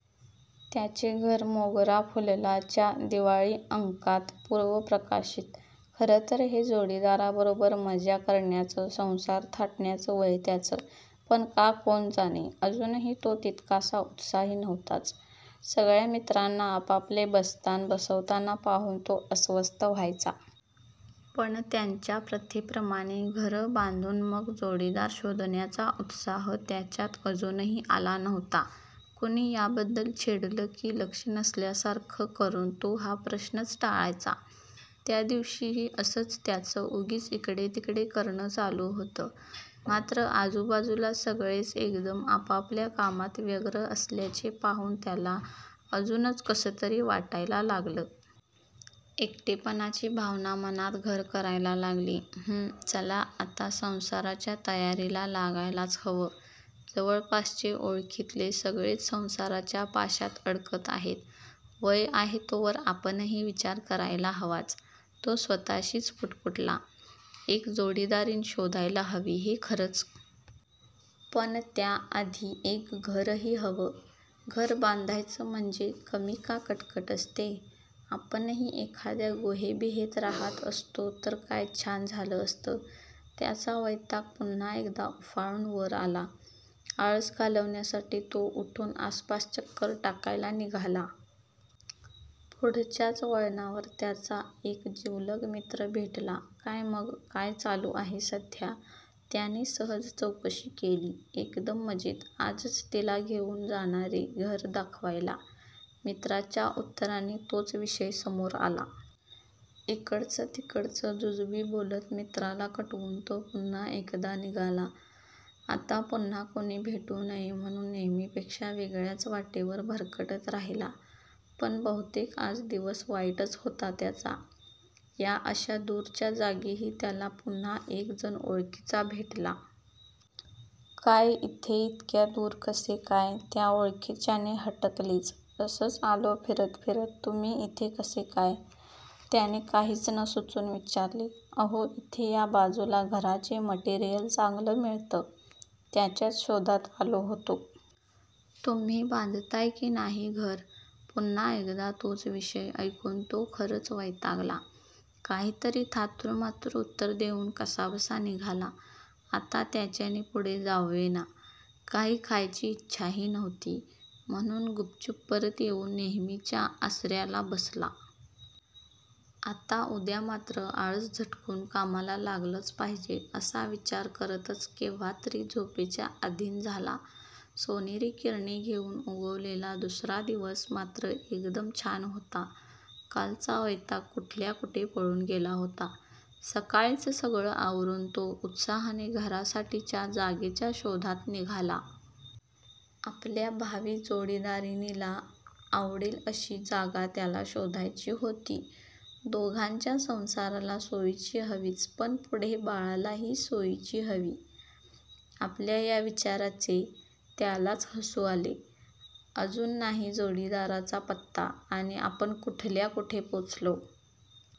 त्याचे घर 'मोगरा फुलला' च्या दिवाळी अंकात पूर्व प्रकाशित. खरंतर हे जोडीदाराबरोबर मजा करण्याचं, संसार थाटण्याच वय त्याचं. पण का कोण जाणे, अजूनही तो तितकासा उत्साही नव्हताच. सगळ्या मित्रांना आपापले बस्तान बसवताना पाहून तो अस्वस्थ व्हायचा. पण त्यांच्या प्रथेप्रमाणे घरं बांधून मग जोडीदार शोधण्याचा उत्साह त्याच्यात अजूनही आला नव्हता. कुणी याबद्दल छेडलं कि लक्ष नसल्यासारखं करून तो हा प्रश्नच टाळायचा. त्यादिवशीही असंच त्याचं उगीच इकडेतिकडे करणं चालू होतं. मात्र आजूबाजूला सगळेच एकदम आपापल्या कामात व्यग्र असल्याचे पाहून त्याला अजूनच कसंतरी वाटायला लागलं. एकटेपणाची भावना मनात घर करायला लागली. "हम्म, चला आता संसाराच्या तयारीला लागायलाच हवं. जवळपासचे ओळखीतले सगळेच संसाराच्या पाशात अडकत आहेत. वय आहे तोवर आपणही विचार करायला हवाच. " तो स्वत:शीच पुटपुटला. "एक जोडीदारीण शोधायला हवी हे खरंच. पण त्या आधी एक घरही हवं. घर बांधायचं म्हणजे कमी का कटकट असते? आपणही एखाद्या गुहेबिहेत रहात असतो तर काय छान झालं असतं. " त्याचा वैताग पुन्हा एकदा उफाळून वर आला. आळस घालवण्यासाठी तो उठून आसपास चक्कर टाकायला निघाला. पुढच्याच वळणावर त्याचा एक जिवलग मित्र भेटला. "काय मग? काय चालू आहे सध्या? " त्याने सहज चौकशी केली. "एकदम मजेत. आजच तीला घेऊन जाणारे घर दाखवायला! " मित्राच्या उत्तराने तोच विषय समोर आला. इकडचं तिकडचं जुजबी बोलत मित्राला कटवून तो पुन्हा एकदा निघाला. आता पुन्हा कोणी भेटू नये म्हणून नेहेमीपेक्षा वेगळ्याच वाटेवर भरकटत राहिला. पण बहुतेक आज दिवस वाईटच होता त्याचा. या अशा दूरच्या जागीही त्याला पुन्हा एक जण ओळखीचा भेटला. "काय इथे इतक्या दूर कसे काय? " त्या ओळखीच्याने हटकलेच. "असंच, आलो फिरत फिरत. तुम्ही इथे कसे काय? " त्याने काहीच नं सुचून विचारले. "अहो इथे या बाजूला घराचे मटेरियल चांगलं मिळतं. त्याच्याच शोधात आलो होतो. तुम्ही बांधताय कि नाही घर? " पुन्हा एकदा तोच विषय ऐकून तो खरच वैतागला. काहीतरी थातूरमातूर उत्तर देऊन कसाबसा निघाला. आता त्याच्याने पुढे जाववेना. काही खायची इच्छाही नव्हती म्हणून गुपचूप परत येऊन नेहेमीच्या आसऱ्याला बसला. 'आता उद्या मात्र आळस झटकून कामाला लागलंच पाहिजे' असा विचार करतच केव्हातरी झोपेच्या आधीन झाला. सोनेरी किरणे घेऊन उगवलेला दुसरा दिवस मात्र एकदम छान होता. कालचा वैताग कुठल्या कुठे पळून गेला होता. सकाळीच सगळं आवरून तो उत्साहाने घरासाठीच्या जागेच्या शोधात निघाला. आपल्या भावी जोडीदारिणीला आवडेल अशी जागा त्याला शोधायची होती. 'दोघांच्या संसाराला सोयीची हवीच पण पुढे बाळालाही सोयीची हवी. ' आपल्या या विचाराचे त्यालाच हसु आले. 'अजून नाही जोडीदाराचा पत्ता आणि आपण कुठल्या कुठे पोचलो.